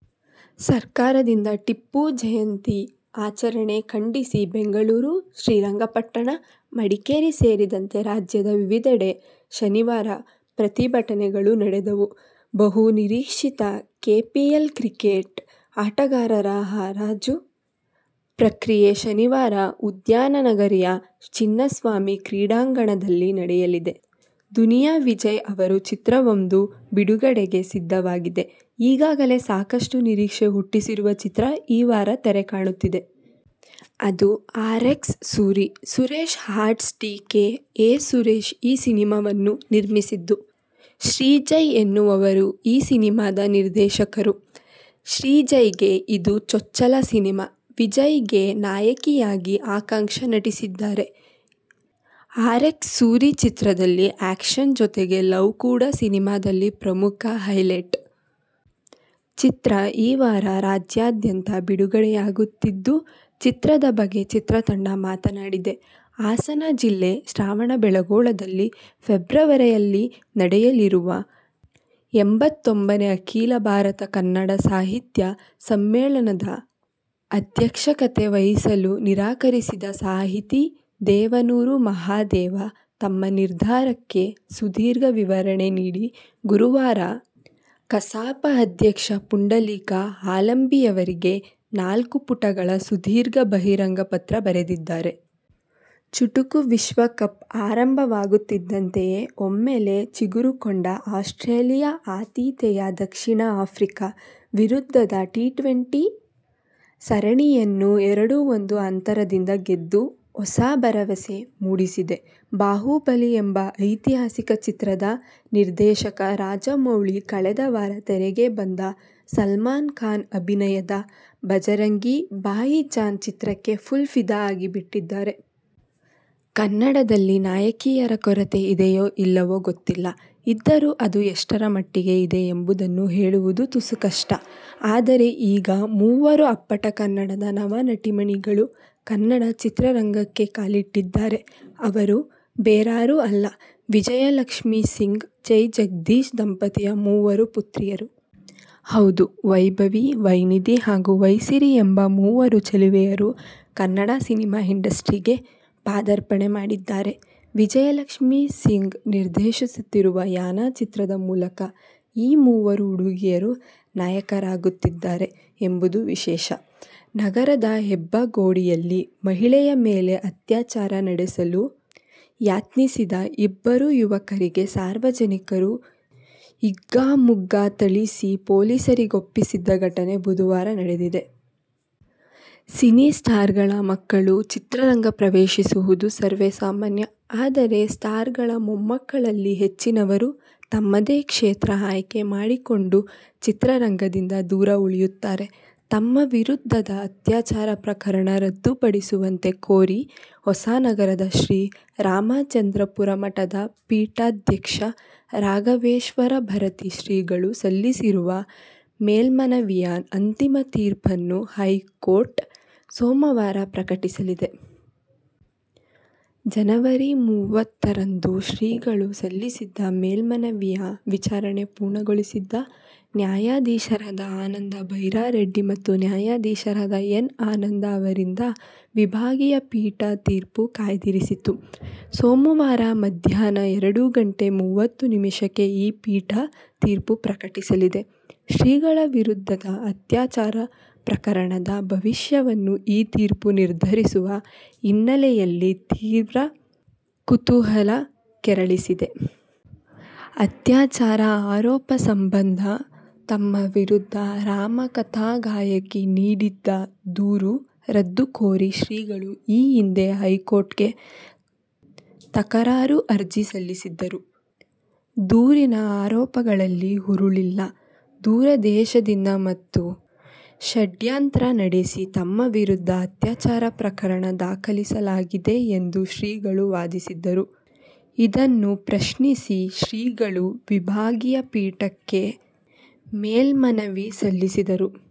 ಸರ್ಕಾರದಿಂದ ಟಿಪ್ಪು ಜಯಂತಿ ಆಚರಣೆ ಖಂಡಿಸಿ ಬೆಂಗಳೂರು, ಶ್ರೀರಂಗಪಟ್ಟಣ, ಮಡಿಕೇರಿ ಸೇರಿದಂತೆ ರಾಜ್ಯದ ವಿವಿಧೆಡೆ ಶನಿವಾರ ಪ್ರತಿಭಟನೆಗಳು ನಡೆದವು. ಬಹು ನಿರೀಕ್ಷಿತ ಕೆಪಿಎಲ್ ಕ್ರಿಕೆಟ್ ಆಟಗಾರರ ಹರಾಜು ಪ್ರಕ್ರಿಯೆ ಶನಿವಾರ ಉದ್ಯಾನನಗರಿಯ ಚಿನ್ನಸ್ವಾಮಿ ಕ್ರೀಡಾಂಗಣದಲ್ಲಿ ನಡೆಯಲಿದೆ. ದುನಿಯಾ ವಿಜಯ್ ಅವರ ಚಿತ್ರವೊಂದು ಬಿಡುಗಡೆಗೆ ಸಿದ್ಧವಾಗಿದೆ. ಈಗಾಗಲೇ ಸಾಕಷ್ಟು ನಿರೀಕ್ಷೆ ಹುಟ್ಟಿಸಿರುವ ಚಿತ್ರ ಈ ವಾರ ತೆರೆಕಾಣುತ್ತಿದೆ. ಅದು "ಆರ್. ಎಕ್ಸ್. ಸೂರಿ'. ಸುರೇಶ್ ಆರ್ಟ್ಸ್ನಡಿ ಕೆ. ಎ. ಸುರೇಶ್ ಈ ಸಿನಿಮಾವನ್ನು ನಿರ್ಮಿಸಿದ್ದು, ಶ್ರೀಜಯ್ ಎನ್ನುವವರು ಈ ಸಿನಿಮಾದ ನಿರ್ದೇಶಕರು. ಶ್ರೀಜಯ್ಗೆ ಇದು ಚೊಚ್ಚಲ ಸಿನಿಮಾ. ವಿಜಯ್ಗೆ ನಾಯಕಿಯಾಗಿ ಆಕಾಂಕ್ಷಾ ನಟಿಸಿದ್ದಾರೆ. "ಆರ್ಎಕ್ಸ್ ಸೂರಿ' ಚಿತ್ರದಲ್ಲಿ ಆ್ಯಕ್ಷನ್ ಜೊತೆಗೆ ಲವ್ ಕೂಡಾ ಸಿನಿಮಾದಲ್ಲಿ ಪ್ರಮುಖ ಹೈಲೈಟ್. ಚಿತ್ರ ಈ ವಾರ ರಾಜ್ಯಾದ್ಯಂತ ಬಿಡುಗಡೆಯಾಗುತ್ತಿದ್ದು, ಚಿತ್ರದ ಬಗ್ಗೆ ಚಿತ್ರತಂಡ ಮಾತನಾಡಿದೆ. ಹಾಸನ ಜಿಲ್ಲೆ ಶ್ರವಣಬೆಳಗೊಳದಲ್ಲಿ ಫೆಬ್ರವರಿಯಲ್ಲಿ ನಡೆಯಲಿರುವ ಎಂಬತ್ತೊಂದನೇ ಅಖೀಲ ಭಾರತ ಕನ್ನಡ ಸಾಹಿತ್ಯ ಸಮ್ಮೇಳನದ ಅಧ್ಯಕ್ಷತೆ ವಹಿಸಲು ನಿರಾಕರಿಸಿದ್ದ ಸಾಹಿತಿ ದೇವನೂರ ಮಹಾದೇವ, ತಮ್ಮ ನಿರ್ಧಾರಕ್ಕೆ ಸುದೀರ್ಘ ವಿವರಣೆ ನೀಡಿ ಗುರುವಾರ ಕಸಾಪ ಅಧ್ಯಕ್ಷ ಪುಂಡಲೀಕ ಹಾಲಂಬಿಯವರಿಗೆ ನಾಲ್ಕುಪುಟಗಳ ಸುದೀರ್ಘ ಬಹಿರಂಗ ಪತ್ರ ಬರೆದಿದ್ದಾರೆ. "ಚುಟುಕು ವಿಶ್ವಕಪ್' ಆರಂಭವಾಗುತ್ತಿದ್ದಂತೆಯೇ ಒಮ್ಮೆಲೆ ಚಿಗುರಿಕೊಂಡ ಆಸ್ಟ್ರೇಲಿಯ ಆತಿಥೇಯ ದಕ್ಷಿಣ ಆಫ್ರಿಕಾ ವಿರುದ್ಧದ ಟಿ-ಟ್ವೆಂಟಿ ಸರಣಿಯನ್ನು ಎರಡು-ಒಂದು ಅಂತರದಿಂದ ಗೆದ್ದು ಹೊಸ ಭರವಸೆ ಮೂಡಿಸಿದೆ. ಬಾಹುಬಲಿ ಎಂಬ ಐತಿಹಾಸಿಕ ಚಿತ್ರದ ನಿರ್ದೇಶಕ ರಾಜಮೌಳಿ ಕಳೆದ ವಾರ ತೆರೆಗೆ ಬಂದ ಸಲ್ಮಾನ್ ಖಾನ್ ಅಭಿನಯದ ಭಜರಂಗಿ ಭಾಯಿಜಾನ್ ಚಿತ್ರಕ್ಕೆ ಫುಲ್ ಫಿದಾ ಆಗಿ ಬಿಟ್ಟಿದ್ದಾರೆ. ಕನ್ನಡದಲ್ಲಿ ನಾಯಕಿಯರ ಕೊರತೆ ಇದೆಯೋ ಇಲ್ಲವೋ ಗೊತ್ತಿಲ್ಲ. ಇದ್ದರೂ ಅದು ಎಷ್ಟರ ಮಟ್ಟಿಗೆ ಇದೆ ಎಂಬುದನ್ನೂ ಹೇಳುವುದು ತುಸು ಕಷ್ಟ. ಆದರೆ, ಈಗ ಮೂವರು ಅಪ್ಪಟ ಕನ್ನಡದ ನವನಟಿಮಣಿಗಳು ಕನ್ನಡ ಚಿತ್ರರಂಗಕ್ಕೆ ಕಾಲಿಟ್ಟಿದ್ದಾರೆ. ಅವರು ಬೇರಾರೂ ಅಲ್ಲ, ವಿಜಯಲಕ್ಷ್ಮೀಸಿಂಗ್, ಜೈ ಜಗದೀಶ್ ದಂಪತಿಯ ಮೂವರು ಪುತ್ರಿಯರು. ಹೌದು, "ವೈಭವಿ, ವೈನಿಧಿ ಹಾಗು ವೈಸಿರಿ' ಎಂಬ ಮೂವರು ಚೆಲುವೆಯರು ಕನ್ನಡ ಸಿನಿಮಾ ಇಂಡಸ್ಟ್ರಿಗೆ ಪಾದಾರ್ಪಣೆ ಮಾಡಿದ್ದಾರೆ. ವಿಜಯಲಕ್ಷ್ಮೀ ಸಿಂಗ್ ನಿರ್ದೇಶಿಸುತ್ತಿರುವ "ಯಾನ' ಚಿತ್ರದ ಮೂಲಕ ಈ ಮೂವರು ಹುಡುಗಿಯರು ನಾಯಕಿಯರಾಗುತ್ತಿದ್ದಾರೆ ಎಂಬುದು ವಿಶೇಷ. ನಗರದ ಹೆಬ್ಬಗೋಡಿಯಲ್ಲಿ ಮಹಿಳೆಯ ಮೇಲೆ ಅತ್ಯಾಚಾರ ನಡೆಸಲು ಯತ್ನಿಸಿದ ಇಬ್ಬರು ಯುವಕರಿಗೆ ಸಾರ್ವಜನಿಕರು ಹಿಗ್ಗಾಮುಗ್ಗಾ ಥಳಿಸಿ ಪೊಲೀಸರಿಗೊಪ್ಪಿಸಿದ ಘಟನೆ ಬುಧವಾರ ನಡೆದಿದೆ. ಸಿನಿ ಸ್ಟಾರ್ ಗಳ ಮಕ್ಕಳು ಚಿತ್ರರಂಗ ಪ್ರವೇಶಿಸುವುದು ಸರ್ವೇ ಸಾಮಾನ್ಯ. ಆದರೆ ಸ್ಟಾರ್ ಗಳ ಮೊಮ್ಮಕ್ಕಳಲ್ಲಿ ಹೆಚ್ಚಿನವರೂ ತಮ್ಮದೇ ಕ್ಷೇತ್ರ ಆಯ್ಕೆ ಮಾಡಿಕೊಂಡು ಚಿತ್ರರಂಗದಿಂದ ದೂರ ಉಳಿಯುತ್ತಾರೆ. ತಮ್ಮ ವಿರುದ್ಧದ ಅತ್ಯಾಚಾರ ಪ್ರಕರಣ ರದ್ದು ಪಡಿಸುವಂತೆ ಕೋರಿ ಹೊಸನಗರದ ಶ್ರೀ ರಾಮಚಂದ್ರಾಪುರ ಮಠದ ಪೀಠಾಧ್ಯಕ್ಷ ರಾಘವೇಶ್ವರ ಭಾರತಿ ಶ್ರೀಗಳು ಸಲ್ಲಿಸಿರುವ ಮೇಲ್ಮನವಿಯ ಅಂತಿಮ ತೀರ್ಪನ್ನು ಹೈಕೋರ್ಟ್ ಸೋಮವಾರ ಪ್ರಕಟಿಸಲಿದೆ. ಜನವರಿ ಮೂವತ್ತರಂದು ಶ್ರೀಗಳು ಸಲ್ಲಿಸಿದ್ದ ಮೇಲ್ಮನವಿಯ ವಿಚಾರಣೆ ಪೂರ್ಣಗೊಳಿಸಿದ್ದ ನ್ಯಾಯಾಧೀಶರಾದ ಆನಂದ ಬೈರಾರೆಡ್ಡಿ ಮತ್ತು ನ್ಯಾಯಾಧೀಶರಾದ ಎನ್. ಆನಂದ ಅವರಿದ್ದ ವಿಭಾಗೀಯ ಪೀಠ ತೀರ್ಪು ಕಾಯ್ದಿರಿಸಿತ್ತು. ಸೋಮವಾರ ಮಧ್ಯಾಹ್ನ ಎರಡು ಗಂಟೆ ಮೂವತ್ತು ನಿಮಿಷಕ್ಕೆ ಈ ಪೀಠ ತೀರ್ಪು ಪ್ರಕಟಿಸಲಿದೆ. ಶ್ರೀಗಳ ವಿರುದ್ಧದ ಅತ್ಯಾಚಾರ ಪ್ರಕರಣದ ಭವಿಷ್ಯವನ್ನು ಈ ತೀರ್ಪು ನಿರ್ಧರಿಸುವ ಹಿನ್ನೆಲೆಯಲ್ಲಿ ತೀವ್ರ ಕುತೂಹಲ ಕೆರಳಿಸಿದೆ. ಅತ್ಯಾಚಾರ ಆರೋಪ ಸಂಬಂಧ ತಮ್ಮ ವಿರುದ್ಧ ರಾಮಕಥಾ ಗಾಯಕಿ ನೀಡಿದ್ದ ದೂರು ರದ್ದು ಕೋರಿ ಶ್ರೀಗಳು ಈ ಹಿಂದೆ ಹೈಕೋರ್ಟ್ಗೆ ತಕರಾರು ಅರ್ಜಿ ಸಲ್ಲಿಸಿದ್ದರು. ದೂರಿನ ಆರೋಪಗಳಲ್ಲಿ ಹುರುಳಿಲ್ಲ. ದುರುದ್ದೇಶದಿಂದ ಮತ್ತು ಷಡ್ಯಂತ್ರ ನಡೆಸಿ ತಮ್ಮ ವಿರುದ್ಧ ಅತ್ಯಾಚಾರ ಪ್ರಕರಣ ದಾಖಲಿಸಲಾಗಿದೆ ಎಂದು ಶ್ರೀಗಳು ವಾದಿಸಿದ್ದರು. ಇದನ್ನು ಪ್ರಶ್ನಿಸಿ ಶ್ರೀಗಳು ವಿಭಾಗೀಯ ಪೀಠಕ್ಕೆ ಮೇಲ್ಮನವಿ ಸಲ್ಲಿಸಿದ್ದರು.